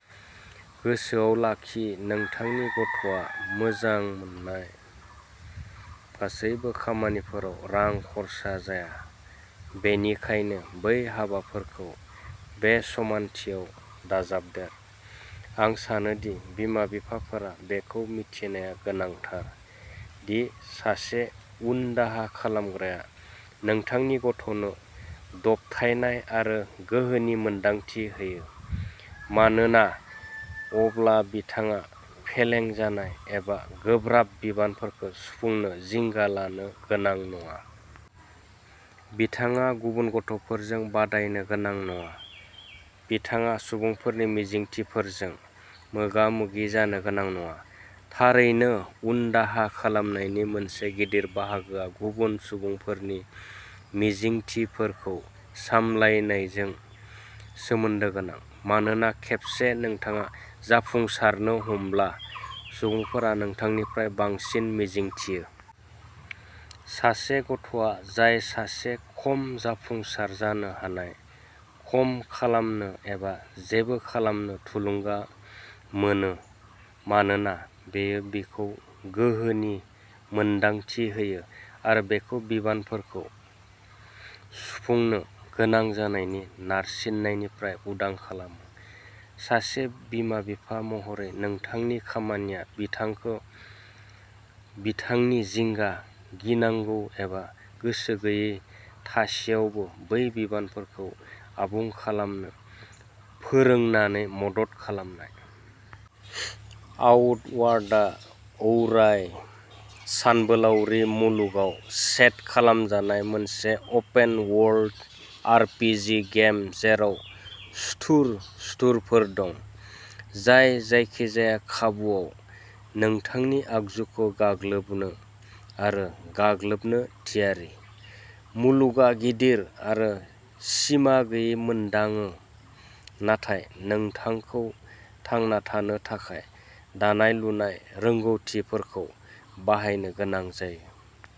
गोसोआव लाखि, नोंथांनि गथ'आ मोजां मोननाय गासैबो खामानिफोराव रां खरसा जाया, बेनिखायनो बै हाबाफोरखौ बे समानथियाव दाजाबदेर। आं सानो दि बिमा-बिफाफोरा बेखौ मिथिनाया गोनांथार दि सासे उनदाहा खालामग्राया नोंथांनि गथ'नो दबथायनाय आरो गोहोनि मोनदांथि होयो, मानोना अब्ला बिथाङा फेलें जानाय एबा गोब्राब बिबानफोरखौ सुफुंनो जिंगा लानो गोनां नङा। बिथाङा गुबुन गथ'फोरजों बादायनो गोनां नङा। बिथाङा सुबुंफोरनि मिजिंथिफोरजों मोगा-मोगि जानो गोनां नङा। थारैनो, उनदाहा खालामनायनि मोनसे गिदिर बाहागोआ गुबुन सुबुंफोरनि मिजिंथिफोरखौ सामलायनायजों सोमोन्दो गोनां। मानोना खेबसे नोंथाङा जाफुंसारनो हमब्ला, सुबुंफोरा नोंथांनिफ्राय बांसिन मिजिंथियो। सासे गथ'आ जाय सासे खम जाफुंसार जानो हानाय, खम खालामनो एबा जेबो खालामनो थुलुंगा मोनो-मानोना बेयो बिखौ गोहोनि मोनदांथि होयो आरो बेखौ बिबानफोरखौ सुफुंनो गोनां जानायनि नारसिननायनिफ्राय उदां खालामो। सासे बिमा-बिफा महरै नोंथांनि खामानिया बिथांखौ बिथांनि जिंगा, गिनांगौ एबा गोसो गैयै थासेयावबो बै बिबानफोरखौ आबुं खालामनो फोरोंनानै मदद खालामनाय। आउटवार्डआ औराइ सानबोलावरि मुलुगाव सेट खालामजानाय मोनसे अपेन-वर्ल्ड आरपीजी गेम जेराव सुथुर सुथुरफोर दं जाय जायखिजाया खाबुवाव नोंथांनि आगजुखौ गाग्लोबनो आरो गाग्लोबनो थियारि। मुलुगआ गिदिर आरो सिमा गैयै मोनदाङो नाथाय नोंथांखौ थांना थानो थाखाय दानाय-लुनाय रोंग'थिफोरखौ बाहायनो गोनां जायो।